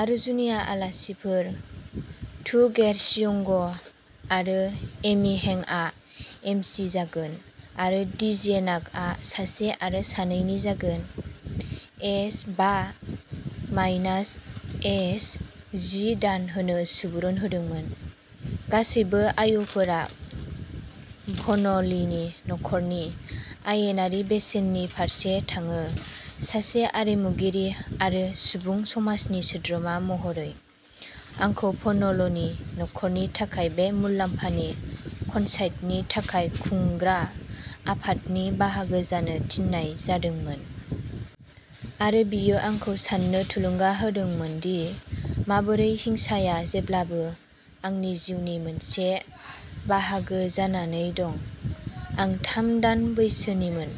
आरो जुनिया आलासिफोर। तु गेर शियोंग आरो एमि हेंआ एमसी जागोन आरो डीजे नाकआ सासे आरो सानैनि जागोन। एस बा मायनास' एस जि दान होनो सुबुरुन होदोंमोन। गासैबो आयफोरा फ'न लीनि नखरनि आयेनारि बेसेननि फारसे थाङो। सासे आरिमुगिरि आरो सुबुं समाजनि सोद्रोमा महरै, आंखौ फ'न लीनि नखरनि थाखाय बे मुलाम्फानि कनसार्टनि थाखाय खुंग्रा आफादनि बाहागो जानो थिननाय जादोंमोन। आरो बेयो आंखौ साननो थुलुंगा होदोंमोन दि माबोरै हिंसाया जेब्लाबो आंनि जिउनि मोनसे बाहागो जानानै दं। आं थाम दान बैसोनिमोन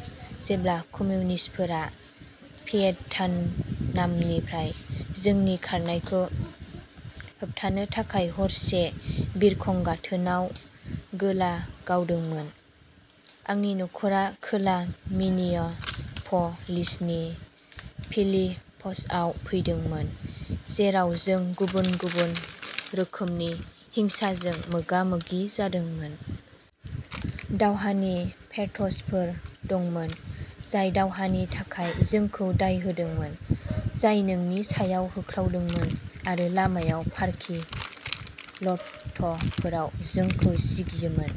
जेब्ला कमिउनिस्टफोरा भियेटान नामनिफ्राय जोंनि खारनायखौ होबथानो थाखाय हरसे बिरखं गाथोनआव गोला गावदोंमोन। आंनि नखरा खोला मिनियाप'लिसनि फिलिप्सआव फैदोंमोन, जेराव जों गुबुन-गुबुन रोखोमनि हिंसाजों मोगा-मोगि जादोंमोन। दावहानि भेट्सफोर दंमोन जाय दावहानि थाखाय जोंखौ दाय होदोंमोन, जाय जोंनि सायाव होख्रावदोंमोन आरो लामायाव पार्किं ल'टफोराव जोंखौ सिगियोमोन,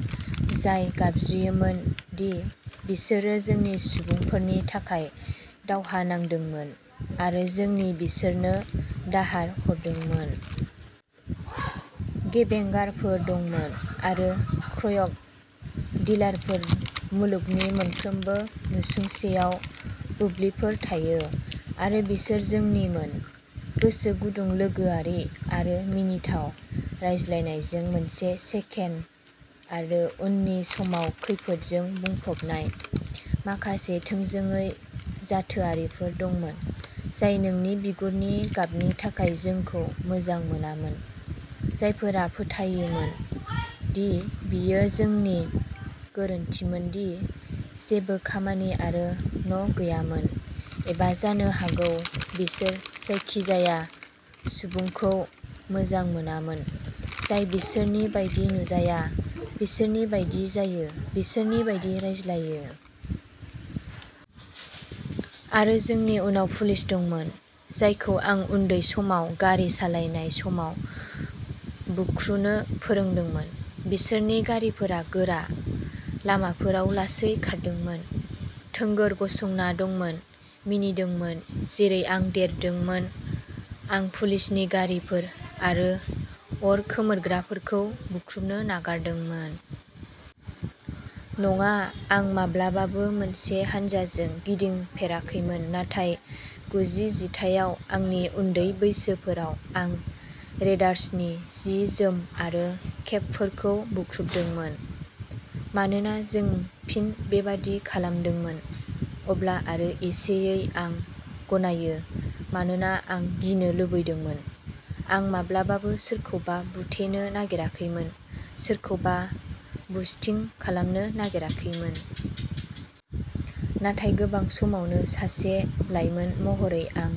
जाय गाबज्रियोमोन दि बिसोरो जोंनि सुबुंफोरनि थाखाय दावहा नांदोंमोन आरो जों बिसोरनो दाहार होदोंमोन। गेंबेंगारफोर दंमोन। आरो क्र्याक डिलारफोर-मुलुगनि मोनफ्रोमबो नसुंसेआव बुल्लिफोर थायो, आरो बिसोर जोंनिमोन, गोसो गुदुं, लोगोआरि आरो मिनिथाव रायज्लायनायजों मोनसे सेकेन्ड आरो उननि समाव खैफोदजों बुंफबनाय। माखासे थोंजोङै जाथोआरिफोर दंमोन जाय जोंनि बिगुरनि गाबनि थाखाय जोंखौ मोजां मोनामोन, जायफोरा फोथायोमोन दि बेयो जोंनि गोरोन्थिमोन दि जेबो खामानि आरो न'गैयामोन, एबा जानो हागौ बिसोर जायखिजाया सुबुंखौ मोजां मोनामोन जाय बिसोरनि बायदि नुजाया, बिसोरनि बायदि जायो, बिसोरनि बायदि रायज्लायो। आरो बेनि उनाव पुलिस दंमोन, जायखौ आं उन्दै समाव गारि सालायनाय समाव बुख्रुनो फोरोंदोंमोन, बिसोरनि गारिफोरा गोरा लामाफोराव लासै खारदोंमोन, थोंगोर गसंना दंमोन, मिनिदोंमोन। जेरै आं देरदोंमोन, आं पुलिसनि गारिफोर आरो अर खोमोरग्राफोरखौ बुख्रुनो नागारदोंमोन। नङा, आं माब्लाबाबो मोनसे हान्जाजों गिदिंफेराखैमोन, नाथाय गुजि जिथाइयाव आंनि उन्दै बोसोरफोराव आं रेडार्सनि जि-जोम आरो केपफोरखौ बुख्रुमदोंमोन, मानोना जों फिन बेबादि खालामदोंमोन। अब्ला, आरो एसेयै, आं गनायो, मानोना आं गिनो लुबैदोंमोन। आं माब्लाबाबो सोरखौबा बुथेनो नागिराखैमोन, सोरखौबा बुस्टिं खालामनो नागिराखैमोन। नाथाय गोबां समावनो, सासे लाइमोन महरै आं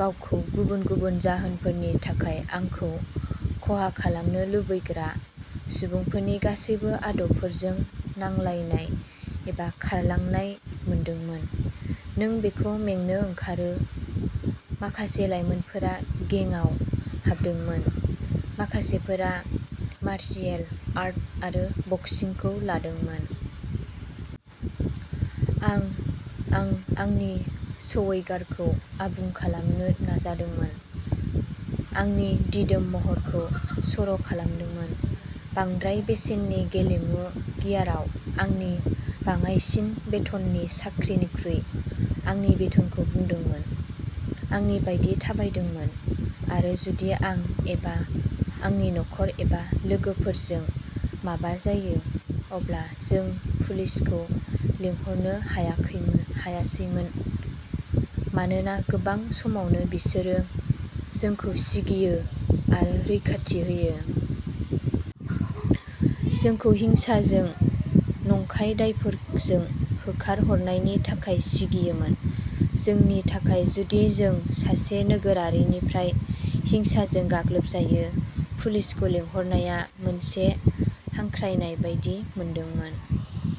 गावखौ गुबुन गुबुन जाहोनफोरनि थाखाय आंखौ खहा खालामनो लुबैग्रा सुबुंफोरनि गासैबो आदबफोरजों नांलायनाय एबा खारलांनाय मोनदोंमोन। नों बेखौ मेंनो ओंखारो। माखासे लाइमोनफोरा गेंआव हाबदोंमोन, माखासेफोरा मार्शियेल आर्ट आरो बक्सिंखौ लादोंमोन। आं, आं आंनि स्वैगारखौ आबुं खालामनो नाजादोंमोन, आंनि दिदोम महरखौ सर'खालामदोंमोन, बांद्राय बेसेननि गेलेमु गियारआव आंनि बाङाइसिन बेथननि साख्रिनिफ्राय आंनि बेथनखौ बुदोंमोन, आंनि बायदि थाबायदोंमोन। आरो जुदि आं एबा आंनि नखर एबा लोगोफोरजों माबा जायो, अब्ला जों पुलिसखौ लिंहरनो हायासैमोन, मानोना गोबां समावनो बिसोरो जोंखौ सिगियो आरो रैखाथि होयो। जोंखौ हिंसाजों, नंखाय दायफोरजों, होखार हरनायनि थाखाय सिगियोमोन। जोंनि थाखाय, जुदि जों सासे नोगोरारिनिफ्राय हिंसाजों गाग्लोबजायो, पुलिसखौ लिंहरनाया मोनसे हांख्रायनाय बायदि मोनदोंमोन।